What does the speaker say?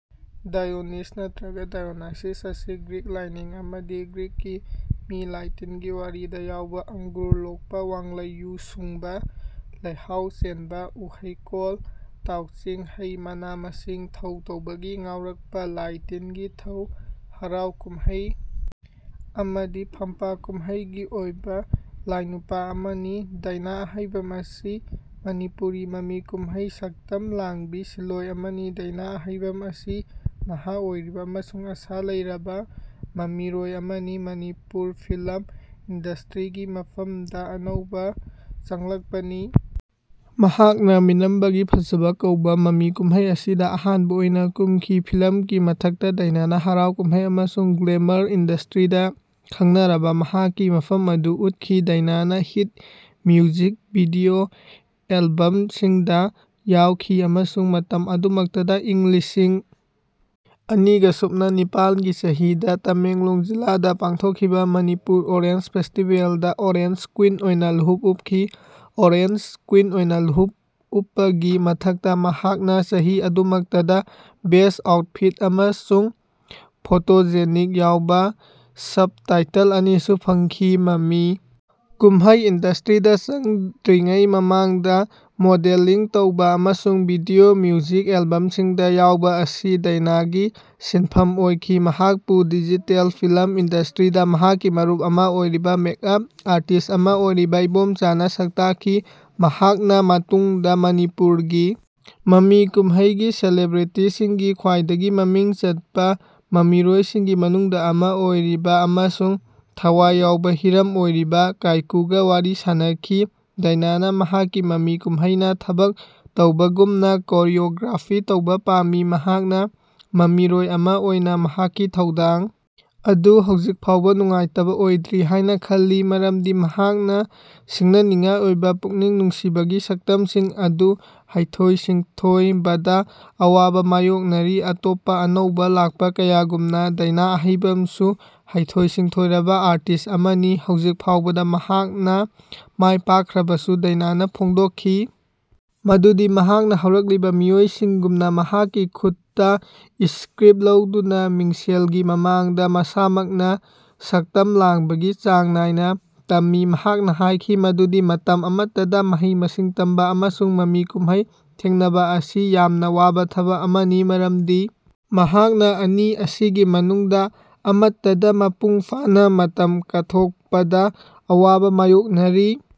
Dionysus ꯅꯠꯇ꯭ꯔꯒ diagnosis ꯑꯁꯤ Greek ꯂꯥꯢꯅꯤꯡ ꯑꯃꯗꯤ ꯒ꯭ꯔꯤꯛꯀꯤ ꯃꯤ ꯂꯥꯢ ꯇꯤꯟꯒꯤ ꯋꯥꯔꯤꯗ ꯌꯥꯎꯕ ꯑꯪꯒꯨꯔ ꯂꯣꯛꯄ, ꯋꯥꯡꯂꯩ ꯌꯨ ꯁꯨꯡꯕ, ꯂꯩꯍꯥꯎ ꯆꯦꯟꯕ, ꯎꯍꯩꯀꯣꯜ, ꯇꯥꯎꯆꯤꯡ ꯍꯩ, ꯃꯅꯥ ꯃꯁꯤꯡ, ꯊꯧ ꯇꯧꯕꯒꯤ ꯉꯥꯎꯔꯛꯄ, ꯂꯥꯢ ꯇꯤꯟꯒꯤ ꯊꯧ, ꯍꯔꯥꯎ ꯀꯨꯝꯍꯩ ꯑꯃꯗꯤ ꯐꯝꯄꯥꯛ ꯀꯨꯝꯍꯩ ꯒꯤ ꯑꯣꯢꯕ ꯂꯥꯢꯅꯨꯄꯥ ꯑꯃꯅꯤ꯫ ꯗꯥꯏꯅꯥ ꯑꯍꯩꯕꯝ ꯑꯁꯤ ꯃꯅꯤꯄꯨꯔꯤ ꯃꯃꯤ ꯀꯨꯝꯍꯩ ꯁꯛꯇꯝ ꯂꯥꯡꯕꯤ ꯁꯤꯟꯂꯣꯏ ꯑꯃꯅꯤ꯫ ꯗꯥꯏꯅꯥ ꯑꯍꯩꯕꯝ ꯑꯁꯤ ꯅꯍꯥ ꯑꯣꯏꯔꯤꯕ ꯑꯃꯁꯨꯡ ꯑꯥꯁꯥ ꯂꯩꯔꯕ ꯃꯃꯤꯔꯣꯏ ꯑꯃꯅꯤ, ꯃꯅꯤꯄꯨꯔ ꯐꯤꯂꯝ ꯏꯟꯗꯁꯇ꯭ꯔꯤꯒꯤ ꯃꯐꯝꯗ ꯑꯅꯧꯕ ꯆꯪꯂꯛꯄꯅꯤ꯫ ꯃꯍꯥꯛꯅ "ꯃꯤꯅꯝꯕꯒꯤ ꯐꯥꯖꯥꯕ" ꯀꯧꯕ ꯃꯃꯤ ꯀꯨꯝꯍꯩ ꯑꯁꯤꯗ ꯑꯍꯥꯟꯕ ꯑꯣꯏꯅ ꯀꯨꯝꯈꯤ꯫ ꯐꯤꯂꯝꯀꯤ ꯃꯊꯛꯇ ꯗꯥꯏꯅꯥꯅ ꯍꯔꯥꯎ-ꯀꯨꯝꯍꯩ ꯑꯃꯁꯨꯡ ꯒ꯭ꯂꯦꯃꯔ ꯏꯟꯗꯁꯇ꯭ꯔꯤꯗ ꯈꯪꯅꯔꯕ ꯃꯍꯥꯛꯀꯤ ꯃꯐꯝ ꯑꯗꯨ ꯎꯠꯈꯤ꯫ ꯗꯥꯏꯅꯥꯅ ꯍꯤꯠ ꯃ꯭ꯌꯨꯖꯤꯛ ꯚꯤꯗꯤꯑꯣ ꯑꯦꯜꯕꯝꯁꯤꯡꯗ ꯌꯥꯎꯈꯤ ꯑꯃꯁꯨꯡ ꯃꯇꯝ ꯑꯗꯨꯃꯛꯇꯗ ꯏꯪ ꯂꯤꯁꯤꯡ ꯑꯅꯤꯒꯥ ꯁꯨꯞꯅꯥ ꯅꯤꯄꯥꯜꯒꯤ ꯆꯍꯤꯗ ꯇꯥꯃꯦꯡꯂꯣꯡ ꯖꯤꯂꯥꯗ ꯄꯥꯡꯊꯣꯛꯈꯤꯕ ꯃꯅꯤꯄꯨꯔ ꯑꯣꯔꯦꯟꯖ ꯐꯦꯁꯇꯤꯕꯦꯜꯗ ꯑꯣꯔꯦꯟꯖ ꯀ꯭ꯋꯤꯟ ꯑꯣꯏꯅ ꯂꯨꯍꯨꯞ ꯎꯞꯈꯤ꯫ ꯑꯣꯔꯦꯟꯖ ꯀ꯭ꯋꯤꯟ ꯑꯣꯏꯅ ꯂꯨꯍꯨꯞ ꯎꯞꯄꯒꯤ ꯃꯊꯛꯇ, ꯃꯍꯥꯛꯅ ꯆꯍꯤ ꯑꯗꯨꯃꯛꯇꯗ ꯕꯦꯁ ꯑꯥꯎꯠꯐꯤꯠ ꯑꯃꯁꯨꯡ ꯐꯣꯇꯣꯖꯦꯅꯤꯛ ꯌꯥꯎꯕ ꯁꯕ-ꯇꯥꯏꯇꯜ ꯑꯅꯤꯁꯨ ꯐꯪꯈꯤ꯫ ꯃꯃꯤ ꯀꯨꯝꯍꯩ ꯏꯟꯗꯁꯇ꯭ꯔꯤꯗ ꯆꯪꯗ꯭ꯔꯤꯉꯩ ꯃꯃꯥꯡꯗ ꯃꯣꯗꯦꯂꯤꯡ ꯇꯧꯕ ꯑꯃꯁꯨꯡ ꯚꯤꯗꯤꯑꯣ ꯃ꯭ꯌꯨꯖꯤꯛ ꯑꯦꯜꯕꯝꯁꯤꯡꯗ ꯌꯥꯎꯕ ꯑꯁꯤ ꯗꯥꯏꯅꯥꯒꯤ ꯁꯤꯟꯐꯝ ꯑꯣꯏꯈꯤ꯫ ꯃꯍꯥꯛꯄꯨ ꯗꯤꯖꯤꯇꯦꯜ ꯐꯤꯂꯝ ꯏꯟꯗꯁꯇ꯭ꯔꯤꯗ ꯃꯍꯥꯛꯀꯤ ꯃꯔꯨꯞ ꯑꯃ ꯑꯣꯏꯔꯤꯕ ꯃꯦꯛ ꯑꯞ ꯑꯥꯔꯇꯤꯁ꯭ꯠ ꯑꯃ ꯑꯣꯏꯔꯤꯕ ꯏꯕꯣꯝꯆꯥꯅ ꯁꯛꯇꯥꯛꯈꯤ, ꯃꯍꯥꯛꯅ ꯃꯇꯨꯡꯗ ꯃꯅꯤꯄꯨꯔꯒꯤ ꯃꯃꯤ ꯀꯨꯝꯍꯩꯒꯤ ꯁꯦꯂꯤꯕ꯭ꯔꯤꯇꯤꯁꯤꯡꯒꯤ ꯈ꯭ꯋꯥꯏꯗꯒꯤ ꯃꯃꯤꯡ ꯆꯠꯄ ꯃꯃꯤꯔꯣꯏꯁꯤꯡꯒꯤ ꯃꯅꯨꯡꯗ ꯑꯃ ꯑꯣꯏꯔꯤꯕ ꯑꯃꯁꯨꯡ ꯊꯋꯥꯏ ꯌꯥꯎꯕ ꯍꯤꯔꯝ ꯑꯣꯏꯔꯤꯕ ꯀꯥꯏꯀꯨꯒ ꯋꯥꯔꯤ ꯁꯥꯟꯅꯈꯤ꯫ ꯗꯥꯏꯅꯥꯅ ꯃꯍꯥꯛꯀꯤ ꯃꯃꯤ ꯀꯨꯝꯍꯩꯅ ꯊꯕꯛ ꯇꯧꯕꯒꯨꯝꯅ ꯀꯣꯔꯤꯌꯣꯒ꯭ꯔꯥꯐꯤ ꯇꯧꯕ ꯄꯥꯝꯃꯤ꯫ ꯃꯍꯥꯛꯅ ꯃꯃꯤꯔꯣꯏ ꯑꯃ ꯑꯣꯏꯅ ꯃꯍꯥꯛꯀꯤ ꯊꯧꯗꯥꯡ ꯑꯗꯨ ꯍꯧꯖꯤꯛ ꯐꯥꯎꯕ ꯅꯨꯡꯉꯥꯏꯇꯕ ꯑꯣꯏꯗ꯭ꯔꯤ ꯍꯥꯏꯅ ꯈꯜꯂꯤ ꯃꯔꯝꯗꯤ ꯃꯍꯥꯛꯅ ꯁꯤꯡꯅꯅꯤꯡꯉꯥꯏ ꯑꯣꯏꯕ ꯄꯨꯛꯅꯤꯡ ꯅꯨꯡꯁꯤꯕꯒꯤ ꯁꯛꯇꯝꯁꯤꯡ ꯑꯗꯨ ꯍꯩꯊꯣꯏ-ꯁꯤꯡꯊꯣꯏꯕꯗ ꯑꯋꯥꯕ ꯃꯥꯌꯣꯛꯅꯔꯤ꯫ ꯑꯇꯣꯞꯄ ꯑꯅꯧꯕ ꯂꯥꯛꯄ ꯀꯌꯥꯒꯨꯝꯅ, ꯗꯥꯏꯅꯥ ꯑꯍꯩꯕꯝꯁꯨ ꯍꯩꯊꯣꯏ-ꯁꯤꯡꯊꯣꯏꯔꯕ ꯑꯥꯔꯇꯤꯁ ꯑꯃꯅꯤ꯫ ꯍꯧꯖꯤꯛ ꯐꯥꯎꯕꯗ ꯃꯍꯥꯛꯅ ꯃꯥꯏꯄꯥꯛꯈ꯭ꯔꯕꯁꯨ, ꯗꯥꯏꯅꯥꯅ ꯐꯣꯡꯗꯣꯛꯈꯤ ꯃꯗꯨꯗꯤ ꯃꯍꯥꯛꯅ ꯍꯧꯔꯛꯂꯤꯕ ꯃꯤꯑꯣꯏꯁꯤꯡꯒꯨꯝꯅ ꯃꯍꯥꯛꯀꯤ ꯈꯨꯠꯇ ꯁ꯭ꯀ꯭ꯔꯤꯞ ꯂꯧꯗꯨꯅ ꯃꯤꯡꯁꯦꯜꯒꯤ ꯃꯃꯥꯡꯗ ꯃꯁꯥꯃꯛꯅ ꯁꯛꯇꯝ ꯂꯥꯡꯕꯒꯤ ꯆꯥꯡ ꯅꯥꯏꯅ ꯇꯝꯃꯤ꯫ ꯃꯍꯥꯛꯅ ꯍꯥꯏꯈꯤ ꯃꯗꯨꯗꯤ ꯃꯇꯝ ꯑꯃꯇꯗ ꯃꯍꯩ-ꯃꯁꯤꯡ ꯇꯝꯕ ꯑꯃꯁꯨꯡ ꯃꯃꯤ ꯀꯨꯝꯍꯩ ꯊꯦꯡꯅꯕ, ꯑꯁꯤ ꯌꯥꯝꯅ ꯋꯥꯕ ꯊꯕꯛ ꯑꯃꯅꯤ ꯃꯔꯝꯗꯤ ꯃꯍꯥꯛꯅ ꯑꯅꯤ ꯑꯁꯤꯒꯤ ꯃꯅꯨꯡꯗ ꯑꯃꯠꯇꯗ ꯃꯄꯨꯡ ꯐꯥꯅ ꯃꯇꯝ ꯀꯠꯊꯣꯛꯄꯗ ꯑꯋꯥꯕ ꯃꯥꯌꯣꯛꯅꯔꯤ꯫